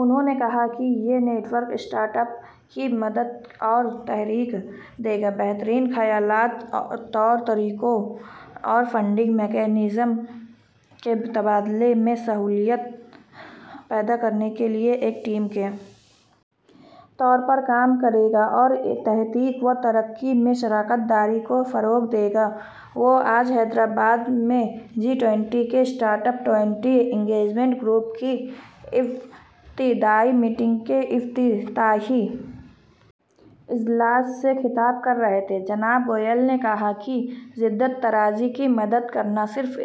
انھوں نے کہا کہ یہ نیٹ ورک اسٹارٹ اپ کی مدد اور تحریک دے گا بہترین خیالات طور طریقوں اور فنڈنگ میکانزم کے تبادلے میں سہولت پیدا کرنے کے لیے ایک ٹیم کے طور پر کام کرے گا اور تحقیق و ترقی میں شراکت داری کو فروغ دے گا وہ آج حیدرآباد میں جی ٹوئنٹی کے startup twenty engagement group کی ابتدائی میٹنگ کے افتتاحی اجلاس سے خطاب کر رہے تھے جناب گوئل نے کہا کہ جدت طرازی کی مدد کرنا صرف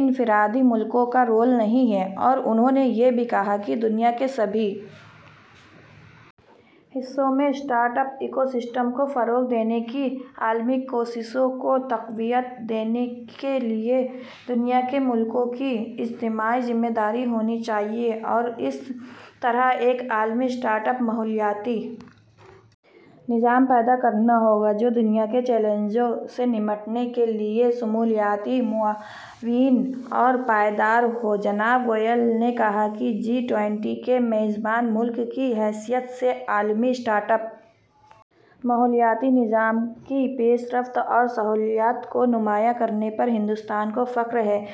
انفرادی ملکوں کا رول نہیں ہے اور انہوں نے یہ بھی کہا کہ دنیا کے سبھی حصوں میں اسٹارٹ اپ ایکوسسٹم کو فروغ دینے کی عالمی کوششوں کو تقویت دینے کے لیے دنیا کے ملکوں کی اجتماعی ذمہ داری ہونی چاہیے اور اس طرح ایک عالمی اسٹارٹ اپ ماحولیاتی نظام پیدا کرنا ہوگا جو دنیا کے چیلنجوں سے نمٹنے کے لیے شمولیاتی معاون اور پائیدار ہو جناب گوئل نے کہا کہ جی ٹوئنٹی کے میزبان ملک کی حیثیت سے عالمی اسٹارٹ اپ ماحولیاتی نظام کی پیش رفت اور صلاحیت کو نمایاں کرنے پر ہندوستان کو فخر ہے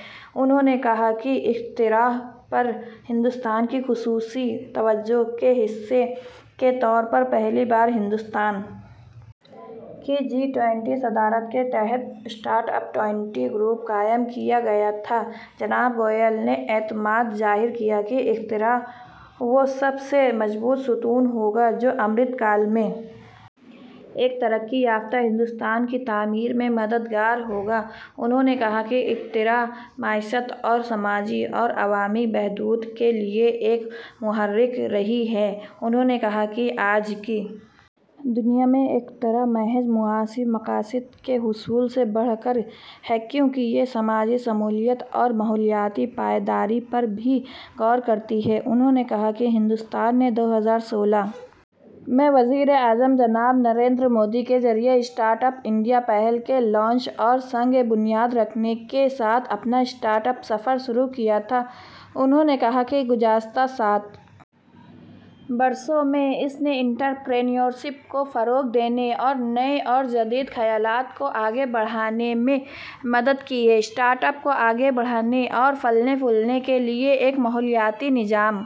انہوں نے کہا کہ اختراع پر ہندوستان کی خصوصی توجہ کے حصے کے طور پر پہلی بار ہندوستان کی جی ٹوئنٹی صدارت کے تحت اسٹارٹ اپ ٹوئنٹی گروپ قائم کیا گیا تھا جناب گوئل نے اعتماد ظاہر کیا کہ اختراع وہ سب سے مضبوط ستون ہو گا جو امرت کال میں ایک ترقی یافتہ ہندوستان کی تعمیر میں مددگار ہو گا انہوں نے کہا کہ اختراع معیشت اور سماجی اور عوامی بہبود کے لیے ایک محرک رہی ہے انہوں نے کہا کہ آج کی دنیا میں اختراع محض معاشی مقاصد کے حصول سے بڑھ کر ہے کیونکہ یہ سماجی شمولیت اور ماحولیاتی پائیداری پر بھی غور کرتی ہے انہوں نے کہا کہ ہندوستان نے دو ہزار سولہ میں وزیر اعظم جناب نریندر مودی کے ذریعہ اسٹارٹ اپ انڈیا پہل کے لانچ اور سنگ بنیاد رکھنے کے ساتھ اپنا اسٹارٹ اپ سفر شروع کیا تھا انہوں نے کہا کہ گزشتہ سات برسوں میں اس نے انترپرینیورشپ کو فروغ دینے اور نئے اور جدید خیالات کو آگے بڑھانے میں مدد کی ہے اسٹارٹ اپ کو آگے بڑھانے اور پھلنے پھولنے کے لیے ایک ماحولیاتی نظام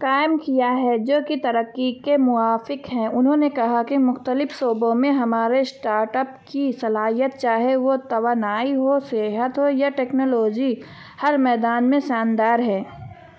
قائم کیا ہے جو کہ ترقی کے موافق ہے انہوں نے کہا کہ مختلف شعبوں میں ہمارے اسٹارٹ اپ کی صلاحیت چاہے وہ توانائی ہو صحت ہو یا ٹیکنالوجی ہر میدان میں شاندار ہے